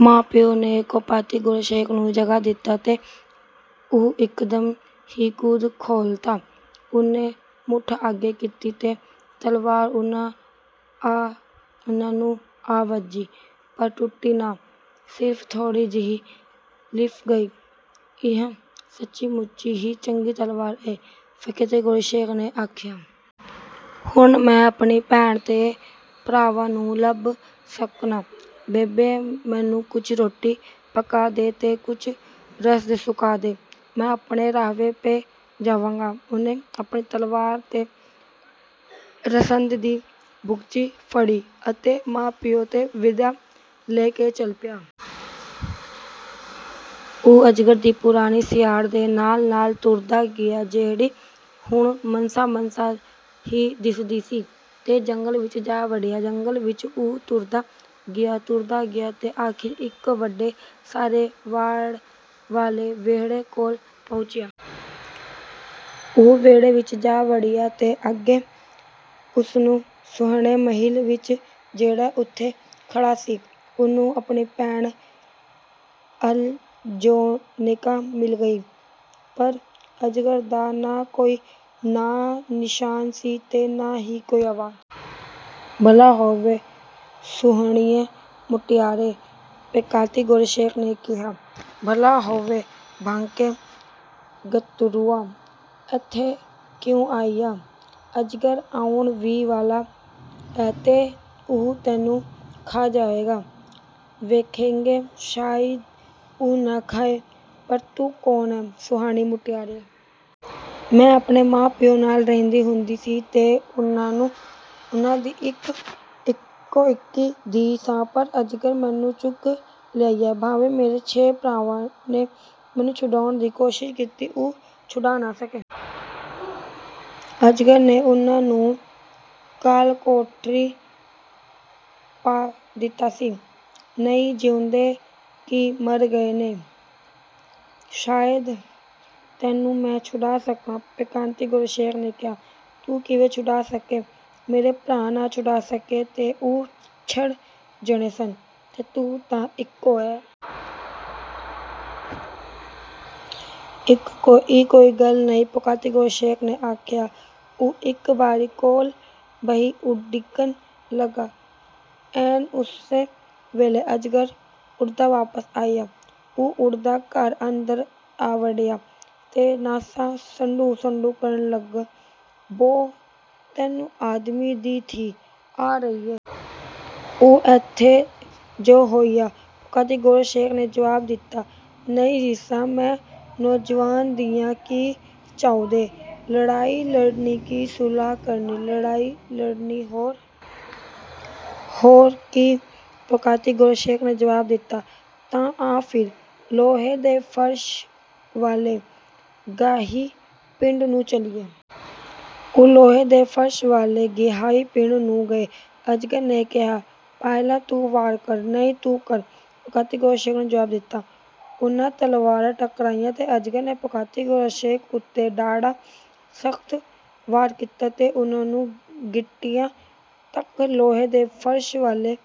ਮਾਂ-ਪਿਉ ਨੇ ਪੋਕਾਤੀ-ਗੋਰੋਸ਼ੇਕ ਨੂੰ ਜਗਾ ਦਿੱਤਾ ਤੇ ਉਹ ਇੱਕਦਮ ਹੀ ਕੁੱਦ ਖਲੋਤਾ। ਉਹਨੇ ਮੁੱਠ ਅੱਗੇ ਕੀਤੀ ਤੇ ਤਲਵਾਰ ਉਹਨੂੰ ਆ ਵੱਜੀ ਪਰ ਟੁੱਟੀ ਨਾ, ਸਿਰਫ਼ ਥੋੜ੍ਹੀ ਜਿਹੀ ਲਿਫ਼ ਗਈ। “ਇਹ ਸੱਚੀ-ਮੁੱਚੀ ਹੀ ਚੰਗੀ ਤਲਵਾਰ ਏ,” ਪੋਕਾਤੀ-ਗੋਰੋਸ਼ੇਕ ਨੇ ਆਖਿਆ। “ਹੁਣ ਮੈਂ ਆਪਣੀ ਭੈਣ ਤੇ ਭਰਾਵਾਂ ਨੂੰ ਲੱਭ ਸਕਨਾਂ। ਬੇਬੇ, ਮੈਨੂੰ ਕੁਝ ਰੋਟੀ ਪਕਾ ਦੇ ਤੇ ਕੁਝ ਰਸਦ ਸੁਕਾ ਦੇ। ਮੈਂ ਆਪਣੇ ਰਾਹੇ ਪੈ ਜਾਵਾਂਗਾ।” ਉਹਨੇ ਆਪਣੀ ਤਲਵਾਰ ਤੇ ਰਸਦਾਂ ਦੀ ਬੁਗਚੀ ਫੜੀ ਅਤੇ ਮਾਂ-ਪਿਉ ਤੋਂ ਵਿਦਿਆ ਹੋ ਕੇ ਚੱਲ ਪਿਆ। ਉਹ ਅਜਗਰ ਦੀ ਪੁਰਾਣੀ ਸਿਆੜ ਦੇ ਨਾਲ-ਨਾਲ ਤੁਰਦਾ ਗਿਆ, ਜਿਹੜੀ ਹੁਣ ਮਸਾਂ-ਮਸਾਂ ਹੀ ਦਿਸਦੀ ਸੀ, ਤੇ ਜੰਗਲ ਵਿੱਚ ਜਾ ਵੜਿਆ। ਜੰਗਲ ਵਿੱਚ ਉਹ ਤੁਰਦਾ ਗਿਆ, ਤੁਰਦਾ ਗਿਆ ਤੇ ਅਖ਼ੀਰ ਇੱਕ ਵੱਡੇ ਸਾਰੇ ਵਾੜ ਵਾਲੇ ਵਿਹੜੇ ਕੋਲ ਪਹੁੰਚਿਆ। ਉਹ ਵਿਹੜੇ ਵਿੱਚ ਜਾ ਵੜਿਆ ਤੇ ਅੱਗੇ ਉਸ ਸੁਹਣੇ ਮਹਿਲ ਵਿੱਚ, ਜਿਹੜਾ ਓਥੇ ਖੜ੍ਹਾ ਸੀ, ਉਹਨੂੰ ਆਪਣੀ ਭੈਣ ਅਲਯੋਨਕਾ ਮਿਲ ਪਈ। ਪਰ ਅਜਗਰ ਦਾ ਨਾ ਕੋਈ ਨਾਂ-ਨਿਸ਼ਾਨ ਸੀ ਤੇ ਨਾ ਹੀ ਕੋਈ ਆਵਾਜ਼। “ਭਲਾ ਹੋਵੇ, ਸੁਹਣੀਏ ਮੁਟਿਆਰੇ!” ਪੋਕਾਤੀ-ਗੋਰੋਸ਼ੇਕ ਨੇ ਕਿਹਾ। “ਭਲਾ ਹੋਵੇ, ਬਾਂਕੇ ਗੱਭਰੂਆ! ਏਥੇ ਕਿਉਂ ਆਇਆਂ? ਅਜਗਰ ਆਉਣ ਹੀ ਵਾਲਾ ਏ ਤੇ ਉਹ ਤੈਨੂੰ ਖਾ ਜਾਏਗਾ।” “ਵੇਖਾਂਗੇ। ਸ਼ਾਇਦ ਉਹ ਨਾ ਖਾਏ। ਪਰ ਤੂੰ ਕੌਣ ਏਂ, ਸੁਹਣੀਏ ਮੁਟਿਆਰੇ?” “ਮੈਂ ਆਪਣੇ ਮਾਂ-ਪਿਉ ਨਾਲ ਰਹਿੰਦੀ ਹੁੰਦੀ ਸੀ ਤੇ ਮੈਂ ਉਹਨਾਂ ਦੀ ਇਕੋ-ਇੱਕ ਧੀ ਸਾਂ ਪਰ ਅਜਗਰ ਮੈਨੂੰ ਚੁੱਕ ਲਿਆਇਆ। ਭਾਵੇਂ ਮੇਰੇ ਛੇ ਭਰਾਵਾਂ ਨੇ ਮੈਨੂੰ ਛੁਡਾਣ ਦੀ ਕੋਸ਼ਿਸ਼ ਕੀਤੀ, ਉਹ ਛੁਡਾ ਨਾ ਸਕੇ। ਅਜਗਰ ਨੇ ਉਹਨਾਂ ਨੂੰ ਕਾਲ-ਕੋਠੜੀ ਵਿੱਚ ਪਾ ਦਿੱਤਾ ਸੀ। ਪਤਾ ਨਹੀਂ ਜਿਉਂਦੇ ਨੇ ਕਿ ਮਰ ਗਏ ਨੇ।” “ਸ਼ਾਇਦ ਤੈਨੂੰ ਮੈਂ ਛੁਡਾ ਸਕਾਂ,” ਪੋਕਾਤੀ-ਗੋਰੋਸ਼ੇਕ ਨੇ ਕਿਹਾ। “ਤੂੰ ਕਿਵੇਂ ਛੁਡਾ ਸਕਣੈਂ? ਮੇਰੇ ਭਰਾ ਨਾ ਛੁਡਾ ਸਕੇ, ਤੇ ਉਹ ਛੇ ਜਣੇ ਸਨ, ਤੇ ਤੂੰ ਤਾਂ ਇਕੱਲਾ ਏਂ!” “ਇਹ ਕੋਈ ਗੱਲ ਨਹੀਂ,” ਪੋਕਾਤੀ-ਗੋਰੋਸ਼ੇਕ ਨੇ ਆਖਿਆ। ਉਹ ਇੱਕ ਬਾਰੀ ਕੋਲ ਬਹਿ ਉਡੀਕਣ ਲੱਗਾ। ਐਨ ਉਸੇ ਵੇਲੇ ਅਜਗਰ ਉੱਡਦਾ ਵਾਪਸ ਆਇਆ। ਉਹ ਉੱਡਦਾ ਘਰ ਅੰਦਰ ਆ ਵੜਿਆ ਤੇ ਨਾਸਾਂ ਸੜੂੰ-ਸੜੂੰ ਕਰਨ ਲੱਗਾ। “ਬੋ, ਤੈਨੂੰ ਆਦਮੀ ਦੀ ਈ ਆ ਰਹੀ ਏ।” “ਉਹ ਏਥੇ ਜੋ ਹੋਇਆ!” ਪੋਕਾਤੀ-ਗੋਰੋਸ਼ੇਕ ਨੇ ਜਵਾਬ ਦਿੱਤਾ। “ਨਹੀਂ ਰੀਸਾਂ, ਮੇਰੇ ਨੌਜਵਾਨ ਦੀਆਂ! ਕੀ ਚਾਹੁੰਣੈਂ—ਲੜਾਈ ਲੜਨੀ ਕਿ ਸੁਲਾਹ ਕਰਨੀ?” “ਲੜਾਈ ਲੜਨੀ, ਹੋਰ ਕੀ!” ਪੋਕਾਤੀ-ਗੋਰੋਸ਼ੇਕ ਨੇ ਜਵਾਬ ਦਿੱਤਾ। “ਤਾਂ ਆ ਫਿਰ ਲੋਹੇ ਦੇ ਫ਼ਰਸ਼ ਵਾਲੇ ਗਹਾਈ-ਪਿੜ ਨੂੰ ਚੱਲੀਏ।” ਉਹ ਲੋਹੇ ਦੇ ਫ਼ਰਸ਼ ਵਾਲੇ ਗਹਾਈ-ਪਿੜ ਨੂੰ ਗਏ। ਅਜਗਰ ਨੇ ਕਿਹਾ, “ਪਹਿਲਾਂ ਤੂੰ ਵਾਰ ਕਰ।” “ਨਹੀਂ, ਤੂੰ ਕਰ,” ਪੋਕਾਤੀ-ਗੋਰੋਸ਼ੇਕ ਨੇ ਜਵਾਬ ਦਿੱਤਾ। ਉਹਨਾਂ ਤਲਵਾਰਾਂ ਟਕਰਾਈਆਂ ਤੇ ਅਜਗਰ ਨੇ ਪੋਕਾਤੀ-ਗੋਰੋਸ਼ੇਕ ਉੱਤੇ ਡਾਢਾ ਸਖ਼ਤ ਵਾਰ ਕੀਤਾ ਤੇ ਉਹਨੂੰ ਗਿੱਟਿਆਂ ਤੱਕ ਲੋਹੇ ਦੇ ਫ਼ਰਸ਼ ਵਾਲੇ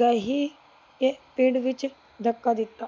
ਗਹਾਈ-ਪਿੜ ਵਿੱਚ ਧੱਕ ਦਿੱਤਾ।